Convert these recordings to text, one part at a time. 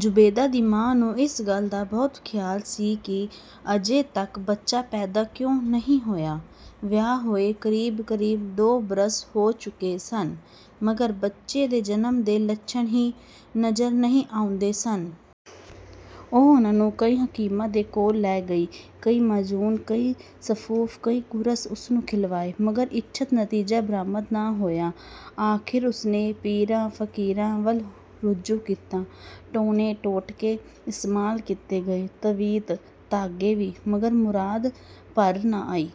ਜ਼ੁਬੈਦਾ ਦੀ ਮਾਂ ਨੂੰ ਇਸ ਗੱਲ ਦਾ ਬਹੁਤ ਖ਼ਿਆਲ ਸੀ ਕਿ ਅਜੇ ਤੱਕ ਬੱਚਾ ਪੈਦਾ ਕਿਉਂ ਨਹੀਂ ਹੋਇਆ। ਵਿਆਹ ਹੋਏ ਕਰੀਬ-ਕਰੀਬ ਦੋ ਬਰਸ ਹੋ ਚੁੱਕੇ ਸਨ, ਮਗਰ ਬੱਚੇ ਦੇ ਜਨਮ ਦੇ ਲੱਛਣ ਹੀ ਨਜ਼ਰ ਨਹੀਂ ਆਉਂਦੇ ਸਨ। ਉਹ ਉਸਨੂੰ ਕਈ ਹਕੀਮਾਂ ਦੇ ਕੋਲ ਲੈ ਗਈ। ਕਈ ਮਾਜੂਨ, ਕਈ ਸਫੂਫ਼, ਕਈ ਕੁਰਸ ਉਹਨੂੰ ਖਿਲਵਾਏ, ਮਗਰ ਇੱਛਤ ਨਤੀਜਾ ਬਰਾਮਦ ਨਾ ਹੋਇਆ। ਆਖੀਰ ਉਸਨੇ ਪੀਰਾਂ-ਫ਼ਕੀਰਾਂ ਵੱਲ ਰੁਜੂ ਕੀਤਾ। ਟੂਣੇ-ਟੋਟਕੇ ਇਸਤੇਮਾਲ ਕੀਤੇ ਗਏ, ਤਵੀਤ, ਧਾਗੇ ਵੀ, ਮਗਰ ਮੁਰਾਦ ਪਰ ਨਾ ਆਈ।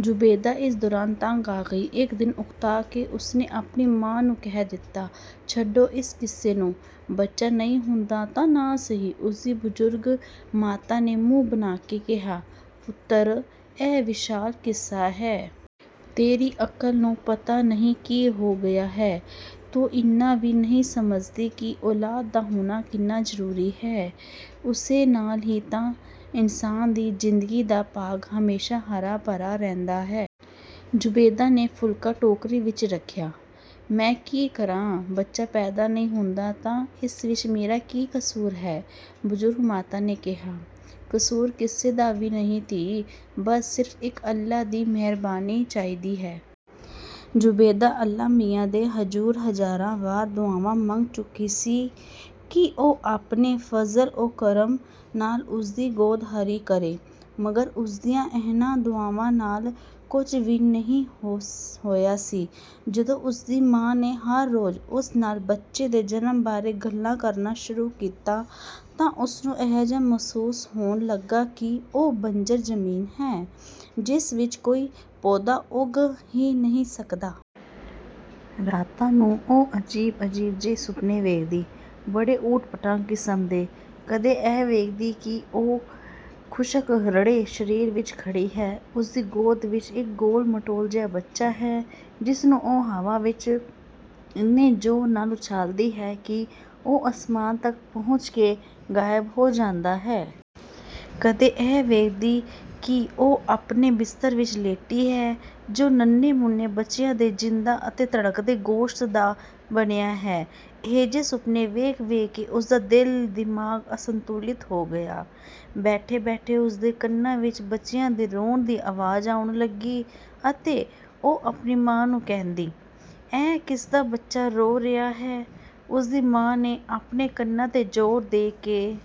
ਜ਼ੁਬੈਦਾ ਇਸ ਦੌਰਾਨ ਤੰਗ ਆ ਗਈ। ਇੱਕ ਦਿਨ ਉਕਤਾ ਕੇ ਉਸਨੇ ਆਪਣੀ ਮਾਂ ਨੂੰ ਕਹਿ ਦਿੱਤਾ, "ਛੱਡੋ ਇਸ ਕਿੱਸੇ ਨੂੰ, ਬੱਚਾ ਨਹੀਂ ਹੁੰਦਾ ਤਾਂ ਨਾ ਸਹੀ।" ਉਸਦੀ ਬਜ਼ੁਰਗ ਮਾਤਾ ਨੇ ਮੂੰਹ ਬਨਾ ਕੇ ਕਿਹਾ, "ਪੁੱਤਰ, ਇਹ ਵਿਸ਼ਾਲ ਕਿੱਸਾ ਹੈ। ਤੇਰੀ ਅਕਲ ਨੂੰ ਪਤਾ ਨਹੀਂ ਕੀ ਹੋ ਗਿਆ ਹੈ। ਤੂੰ ਇੰਨਾ ਵੀ ਨਹੀਂ ਸਮਝਦੀ ਕਿ ਔਲਾਦ ਦਾ ਹੋਣਾ ਕਿੰਨਾ ਜ਼ਰੂਰੀ ਹੈ। ਉਸੇ ਨਾਲ਼ ਹੀ ਤਾਂ ਇਨਸਾਨ ਦੀ ਜ਼ਿੰਦਗੀ ਦਾ ਬਾਗ਼ ਹਮੇਸ਼ਾ ਹਰਾ-ਭਰਾ ਰਹਿੰਦਾ ਹੈ।" ਜ਼ੁਬੈਦਾ ਨੇ ਫੁਲਕਾ ਟੋਕਰੀ ਵਿੱਚ ਰੱਖਿਆ, "ਮੈਂ ਕੀ ਕਰਾਂ। ਬੱਚਾ ਪੈਦਾ ਨਹੀਂ ਹੁੰਦਾ ਤਾਂ ਇਸ ਵਿੱਚ ਮੇਰਾ ਕੀ ਕਸੂਰ ਹੈ।" ਬਜ਼ੁਰਗ ਮਾਤਾ ਨੇ ਕਿਹਾ, "ਕਸੂਰ ਕਿਸੇ ਦਾ ਵੀ ਨਹੀਂ ਧੀ। ਬਸ ਸਿਰਫ਼ ਇੱਕ ਅੱਲ੍ਹਾ ਦੀ ਮਿਹਰਬਾਨੀ ਚਾਹੀਦੀ ਹੈ।" ਜ਼ੁਬੈਦਾ ਅੱਲ੍ਹਾ ਮੀਆਂ ਦੇ ਹੁਜ਼ੂਰ ਹਜ਼ਾਰਾਂ ਵਾਰ ਦੁਆਵਾਂ ਮੰਗ ਚੁੱਕੀ ਸੀ ਕਿ ਉਹ ਆਪਣੇ ਫਜ਼ਲ-ਓ-ਕਰਮ ਨਾਲ਼ ਉਸਦੀ ਗੋਦ ਹਰੀ ਕਰੇ, ਮਗਰ ਉਸਦੀਆਂ ਇਨ੍ਹਾਂ ਦੁਆਵਾਂ ਨਾਲ਼ ਕੁਝ ਵੀ ਨਹੀਂ ਹੋਇਆ ਸੀ। ਜਦੋਂ ਉਸਦੀ ਮਾਂ ਨੇ ਹਰ ਰੋਜ਼ ਉਸ ਨਾਲ਼ ਬੱਚੇ ਦੇ ਜਨਮ ਬਾਰੇ ਗੱਲਾਂ ਕਰਨਾ ਸ਼ੁਰੂ ਕੀਤਾ, ਤਾਂ ਉਹਨੂੰ ਅਜਿਹਾ ਮਹਿਸੂਸ ਹੋਣ ਲੱਗਾ ਕਿ ਉਹ ਬੰਜਰ ਜ਼ਮੀਨ ਹੈ, ਜਿਸ ਵਿੱਚ ਕੋਈ ਪੌਦਾ ਉੱਗ ਹੀ ਨਹੀਂ ਸਕਦਾ। ਰਾਤਾਂ ਨੂੰ ਉਹ ਅਜੀਬ-ਅਜੀਬ ਜਿਹੇ ਸੁਪਨੇ ਵੇਖਦੀ। ਬੜੇ ਊਟਪਟਾਂਗ ਕਿਸਮ ਦੇ। ਕਦੇ ਇਹ ਵੇਖਦੀ ਕਿ ਉਹ ਖੁਸ਼ਕ-ਰੜੇ ਸਹਿਰਾ ਵਿੱਚ ਖੜੀ ਹੈ। ਉਸਦੀ ਗੋਦ ਵਿੱਚ ਇੱਕ ਗੋਲ-ਮਟੋਲ ਜਿਹਾ ਬੱਚਾ ਹੈ, ਜਿਸ ਨੂੰ ਉਹ ਹਵਾ ਵਿੱਚ ਇੰਨੇ ਜ਼ੋਰ ਨਾਲ਼ ਉਛਾਲਦੀ ਹੈ ਕਿ ਉਹ ਅਸਮਾਨ ਤੱਕ ਪਹੁੰਚ ਕੇ ਗ਼ਾਇਬ ਹੋ ਜਾਂਦਾ ਹੈ। ਕਦੇ ਇਹ ਵੇਖਦੀ ਕਿ ਉਹ ਆਪਣੇ ਬਿਸਤਰ ਵਿੱਚ ਲੇਟੀ ਹੈ ਜੋ ਨੰਨ੍ਹੇ-ਮੁੰਨੇ ਬੱਚਿਆਂ ਦੇ ਜ਼ਿੰਦਾ ਅਤੇ ਧੜਕਦੇ ਗੋਸ਼ਤ ਦਾ ਬਣਿਆ ਹੈ। ਏਹਜਾ ਸੁਪਨੇ ਵੇਖ-ਵੇਖ ਕੇ ਉਸਦਾ ਦਿਲ-ਦਿਮਾਗ਼ ਅਸੰਤੁਲਿਤ ਹੋ ਗਿਆ। ਬੈਠੇ-ਬੈਠੇ ਉਸਦੇ ਕੰਨਾਂ ਵਿੱਚ ਬੱਚਿਆਂ ਦੇ ਰੋਣ ਦੀ ਆਵਾਜ਼ ਆਉਣ ਲੱਗੀ, ਅਤੇ ਉਹ ਆਪਣੀ ਮਾਂ ਨੂੰ ਕਹਿੰਦੀ, "ਇਹ ਕਿਸਦਾ ਬੱਚਾ ਰੋ ਰਿਹਾ ਹੈ?" ਉਸਦੀ ਮਾਂ ਨੇ ਆਪਣੇ ਕੰਨਾਂ ਤੇ ਜ਼ੋਰ ਦੇ ਕੇ